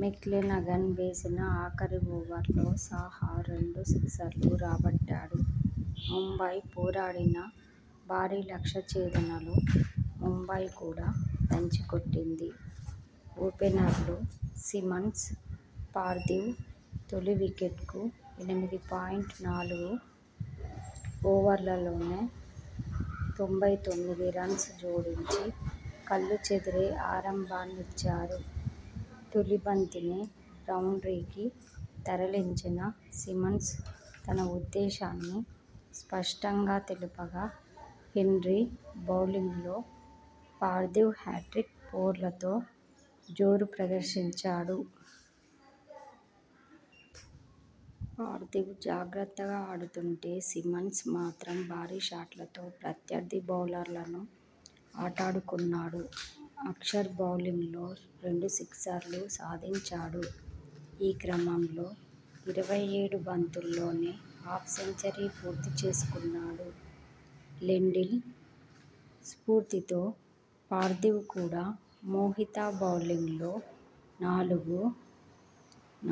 McClenaghan వేసిన ఆఖరి ఓవర్లో సాహా రెండు సిక్సర్లు రాబట్టాడు. ముంబై పోరాడినా, భారీ లక్ష్య ఛేదనలో ముంబై కూడా దంచికొట్టింది. ఓపెనర్లు సిమన్స్, పార్థివ్ తొలి వికెట్కు ఎనిమిది పాయింట్ నాలుగు ఓవర్లలోనే తొంభై తొమ్మిది రన్స్ జోడించి కళ్లు చెదిరే ఆరంభాన్నిచ్చారు. తొలి బంతినే బౌండ్రీకి తరలించిన సిమన్స్ తన ఉద్దేశాన్ని స్పష్టంగా తెలుపగా హెన్రీ బౌలింగ్లో పార్థివ్ హ్యాట్రిక్ ఫోర్లతో జోరు ప్రదర్శించాడు. పార్థివ్ జాగ్రత్తగా ఆడుతుంటే సిమన్స్ మాత్రం భారీ షాట్లతో ప్రత్యర్థి బౌలర్లను ఆటాడుకున్నాడు. అక్షర్ బౌలింగ్లో రెండు సిక్సర్లు సాధించాడు. ఈ క్రమంలో ఇరవై ఏడు బంతుల్లోనే హాఫ్ సెంచరీ పూర్తి చేసుకున్నాడు. లెండిల్ స్ఫూర్తితో పార్థివ్ కూడా మోహిత బౌలింగ్లో నాలుగు,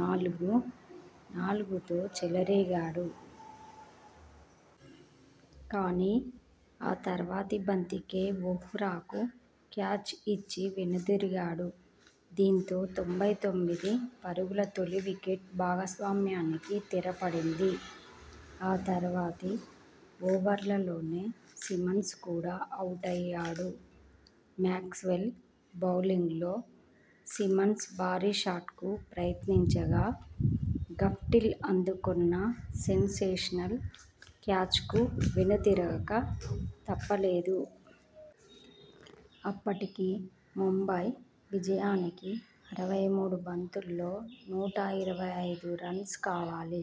నాలుగు, నాలుగుతో చెలరేగాడు. కానీ.. ఆ తర్వాతి బంతికే వోహ్రాకు క్యాచ్ ఇచ్చి వెనుదిరిగాడు. దీంతో తొంభై తొమ్మిది పరుగుల తొలి వికెట్ భాగస్వామ్యానికి తెరపడింది. ఆ తర్వాతి ఓవర్లోనే సిమన్స్ కూడా అవుటయ్యాడు. మాక్స్వెల్ బౌలింగ్లో సిమన్స్ భారీ షాట్కు ప్రయత్నించగా, గప్టిల్ అందుకున్న సేన్సేషనల్ క్యాచ్కు వెనుదిరగక తప్పలేదు. అప్పటికి ముంబై విజయానికి అరవై మూడు బంతుల్లో నూట ఇరవై ఐదు రన్స్ కావాలి.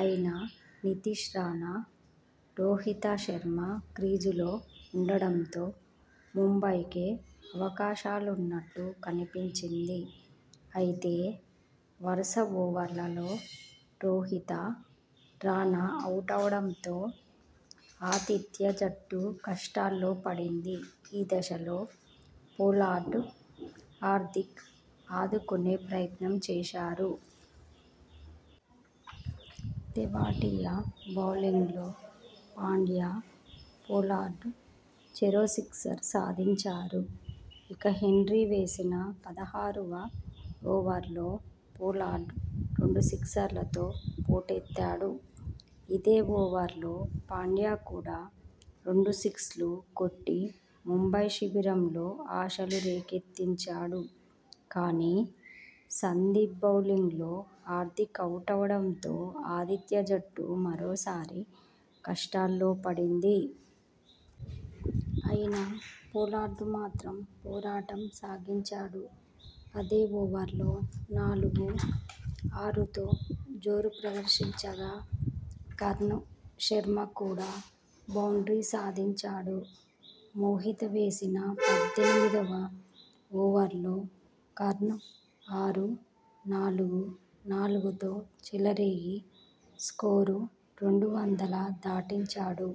అయినా నితీష్ రాణా, రోహిత శర్మ క్రీజులో ఉండడంతో ముంబై కే అవకాశాలున్నట్టు కనిపించింది. అయితే, వరుస ఓవర్లలో రోహిత, రాణా అవుటవడంతో ఆతిథ్య జట్టు కష్టాల్లో పడింది. ఈ దశలో పొలార్డ్, హార్దిక్ ఆదుకునే ప్రయత్నం చేశాడు. తెవాటియా బౌలింగ్లో పాండ్యా, పొలార్డ్ చెరో సిక్సర్ సాధించారు. ఇక హెన్రీ వేసిన పదహారువ ఓవర్లో పొలార్డ్ రెండు సిక్సర్లతో పోటెత్తాడు. ఇదే ఓవర్లో పాండ్యా కూడా రెండు సిక్స్లు కొట్టి ముంబై శిబిరంలో ఆశలు రేకెత్తించాడు. కానీ, సందీప్ బౌలింగ్లో హార్దిక్ అవుటవడంతో ఆతిథ్య జట్టు మరోసారి కష్టాల్లో పడింది. అయినా పొలార్డ్ మాత్రం పోరాటం సాగించాడు. అదే ఓవర్లో నాలుగు, ఆరుతో జోరు ప్రదర్శించగా, కర్ణ్ శర్మ కూడా బౌండ్రీ సాధించాడు. మోహిత వేసిన పద్దెనిమిదివ ఓవర్లో కర్ణ్ ఆరు, నాలుగు, నాలుగుతో చెలరేగి స్కోరు రెండు వందల దాటించాడు.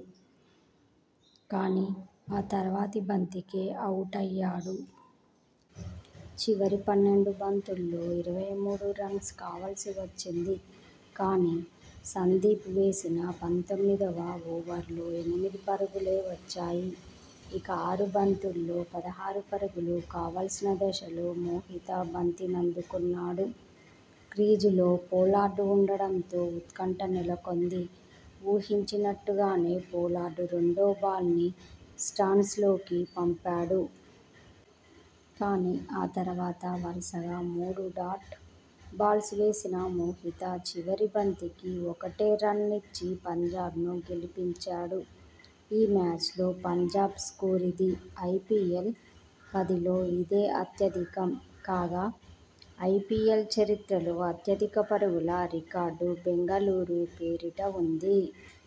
కానీ ఆ తర్వాతి బంతికే అవుటయ్యాడు. చివరి పన్నెండు బంతుల్లో ఇరవై మూడు రన్స్ కావాల్సి వచ్చింది. కానీ, సందీప్ వేసిన పంతొమ్మిదివ ఓవర్లో ఎనిమిది పరుగులే వచ్చాయి. ఇక ఆరు బంతుల్లో పదహారు పరుగులు కావాల్సిన దశలో మోహిత బంతినందుకున్నాడు. క్రీజులో పొలార్డ్ ఉండడంతో ఉత్కంఠ నెలకొంది. ఊహించినట్టుగానే పొలార్డ్ రెండో బాల్ని స్టాండ్స్లోకి పంపాడు. కానీ ఆ తర్వాత వరుసగా మూడు డాట్ బాల్స్ వేసిన మోహిత, చివరి బంతికి ఒకటే రన్ ఇచ్చి పంజాబ్ను గెలిపించాడు. ఈ మ్యాచ్లో పంజాబ్ స్కోరిది. ఐపీఎల్, పదిలో ఇదే అత్యధికం. కాగా, ఐపీఎల్ చరిత్రలో అత్యధిక పరుగుల రికార్డు బెంగళూరు పేరిట ఉంది.